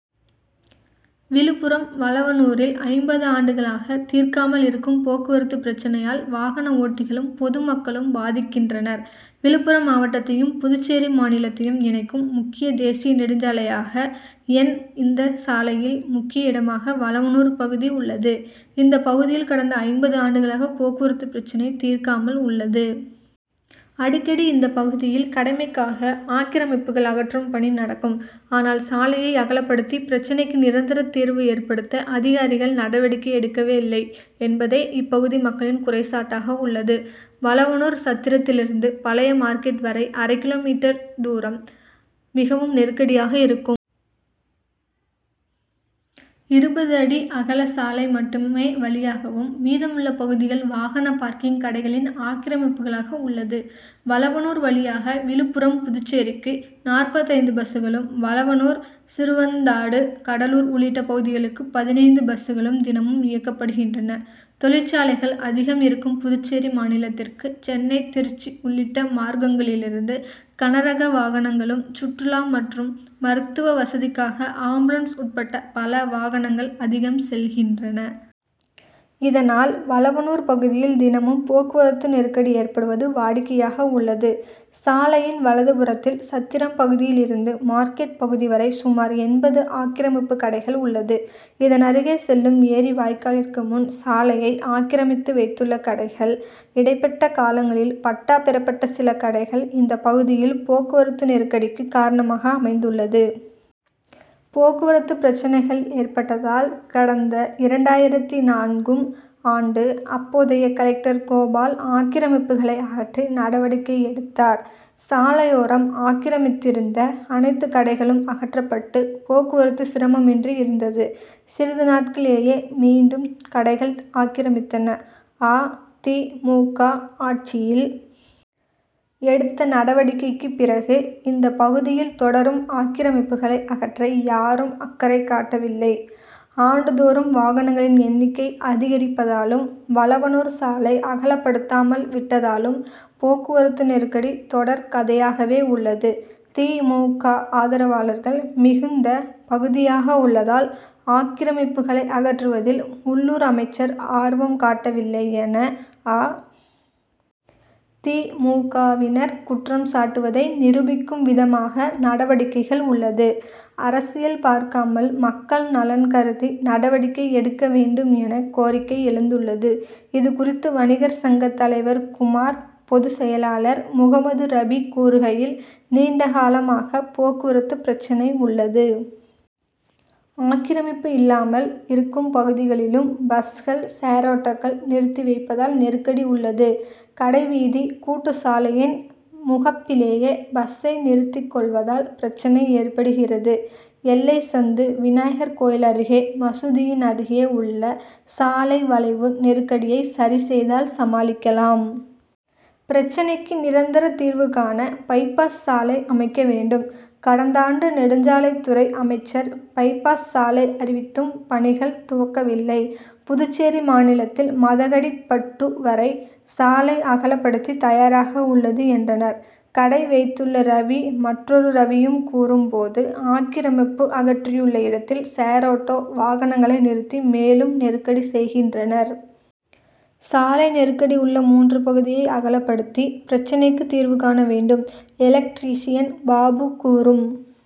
விழுப்புரம் வளவனூரில் ஐம்பது ஆண்டுகளாக தீர்க்காமல் இருக்கும் போக்குவரத்து பிரச்னையால் வாகன ஓட்டிகளும், பொது மக்களும் பாதிக்கின் றனர். விழுப்புரம் மாவட்டத்தையும், புதுச்சேரி மாநிலத்தையும் இணைக்கும் முக்கிய தேசிய நெடுஞ்ச் சாலையாக என். இந்த சாலையில் முக் கிய இடமாக வளவனூர் பகுதி உள்ளது. இந்த பகுதியில் கடந்த ஐம்பது ஆண்டுகளாக போக்குவரத்து பிரச்னை தீர்க்காமல் உள்ளது. அடிக்கடி இந்த பகுதியில் கடமைக்காக ஆக்கிரமிப்புகள் அகற்றும் பணி நடக்கும். ஆனால் சாலையை அகலப்படுத்தி பிரச்னைக்கு நிரந்தர தீர்வு ஏற்படுத்த அதிகாரிகள் நடவடிக்கை எடுக்கவில்லை என்பதே இப்பகுதி மக்களின் குற்றச்சாட்டாக உள்ளது. வளவனூர் சத்திரத்திலிருந்து பழைய மார்க்கெட் வரை அரை கிலோ மீட்டர் தூரம் மிகவும் நெருக்கடியாக இருக்கும். இருபது அடி அகல சாலை மட்டுமே வழியாகவும் மீதமுள்ள பகுதிகள் வாகன பார்க்கிங், கடைகளின் ஆக்கிரமிப்புகளாக உள்ளது. வளவனூர் வழியாக விழுப்புரம்-புதுச்சேரிக்கு நாற்பத்து ஐந்து பஸ்களும், வளவனூர், சிறுவந்தாடு, கடலூர் உள்ளிட்ட பகுதிகளுக்கு பதினைந்து பஸ்களும் தினமும் இயக்கப்படுகின்றன. தொழிற்சாலைகள் அதிகம் இருக்கும் புதுச்சேரி மாநிலத்திற்கு சென்னை, திருச்சி உள் ளிட்ட மார்க்கங்களிலிருந்து கனரக வாகனங்களும், சுற்றுலா மற்றும் மருத்துவ வசதிக்காக ஆம்புலன்ஸ் உட்பட்ட பல வாகனங்கள் அதிகம் செல்கின்றன. இதனால் வளவனூர் பகுதியில் தினமும் போக்கு வரத்து நெருக்கடி ஏற்படுவது வாடிக்கையாக உள்ளது. சாலையின் வலது புறத்தில் சத்திரம் பகுதியில் இருந்து மார்க்கெட் பகுதி வரை சுமார் எண்பது ஆக்கிரமிப்பு கடைகள் உள்ளது. இதனருகே செல்லும் ஏரி வாய்க்காலிற்கு முன் சாலையை ஆக்கிரமித்து வைத்துள்ள கடைகள், இடைப்பட்ட காலங்களில் பட்டா பெறப்பட்ட சில கடைகள் இந்த பகுதியில் போக்குவரத்து நெருக்கடிக்கு காரணமாக அமைந்துள்ளது. போக்குவரத்து பிரச்னைகள் ஏற்பட்டதால் கடந்த இரண்டாயிரத்து நான்கு ம் ஆண்டு அப்போதைய கலெக்டர் கோபால் ஆக்கிரமிப்புகளை அகற்றி நடவடிக்கை எடுத்தார். சாலையோரம் ஆக்கிரமித்திருந்த அனைத்து கடைகளும் அகற்றப் பட்டு போக்குவரத்து சிரமமின்றி இருந்தது. சிறிது நாட்களிலேயே மீண்டும் கடைகள் ஆக்கிரமித்தன. அ. தி. மு. க.,ஆட்சியில் எடுத்த நடவடிக்கைக்கு பிறகு இந்த பகுதியில் தொடரும் ஆக்கிரமிப்புகளை அகற்ற யாரும் அக்கறை காட்டவில்லை. ஆண்டு தோறும் வாகனங்களின் எண்ணிக்கை அதிகரிப்பதாலும், வளவனூர் சாலை அகலப்படுத்தாமல் விட்டதாலும் போக்குவரத்து நெருக்கடி தொடர் கதையாகவே உள்ளது. தி. மு. க., ஆதரவாளர்கள் மிகுந்த பகுதியாக உள்ளதால் ஆக்கிரமிப்புகளை அகற்றுவதில் உள்ளூர் அமைச்சர் ஆர்வம் காட்டவில்லை என அ. தி. மு. க., வினர் குற்றம் சாட்டுவதை நிரூபிக்கும் விதமாக நடவடிக்கைகள் உள்ளது. அரசியல் பார்க்காமல் மக்கள் நலன் கருதி நடவடிக்கை எடுக்க வேண்டும் என கோரிக்கை எழுந்துள்ளது. இது குறித்து வணிகர் சங்கத் தலைவர் குமார், பொது செயலாளர் முகமது ரபி கூறுகையில்: நீண்ட காலமாக போக்குவரத்து பிரச்னை உள்ளது. ஆக்கிரமிப்பு இல்லாமல் இருக்கும் பகுதிகளிலும் பஸ்கள், ஷேர் ஆட்டோக்கள் நிறுத்தி வைப்பதால் நெருக்கடி உள்ளது. கடைவீதி கூட்டு சாலையின் முகப் பிலேயே பஸ்சை நிறுத்திக் கொள் வதால் பிரச்னை ஏற்படுகிறது. எல்லை சந்து, விநாயகர் கோவில் அருகே, மசூதியின் அருகே உள்ள சாலை வளைவு நெருக்கடியை சரி செய்தால் சமாளிக்கலாம். பிரச்னைக்கு நிரந்தர தீர்வுகாண பைபாஸ் சாலை அமைக்க வேண்டும். கடந் தாண்டு நெடுஞ்சாலைத் துறை அமைச்சர் பைபாஸ் சாலை அறிவித்தும் பணிகள் துவக்கவில்லை. புதுச் சேரி மாநிலத்தில் மதகடிப் பட்டு வரை சாலை அகலப் படுத்தி தயாராக உள்ளது என்றனர். கடை வைத்துள்ள ரவி, மற் றொரு ரவியும் கூறும் போது, ஆக்கிரமிப்பு அகற்றியுள்ள இடத்தில் ஷேர் ஆட்டோ, வாகனங்க ளை நிறுத்தி மேலும் நெருக்கடி செய்கின்றனர். சாலை நெருக்கடி உள்ள மூன்று பகுதியை அகலப்படுத்தி பிரச்னைக்கு தீர்வுகாண வேண்டும். எலக்ட்ரிஷியன் பாபு கூறும்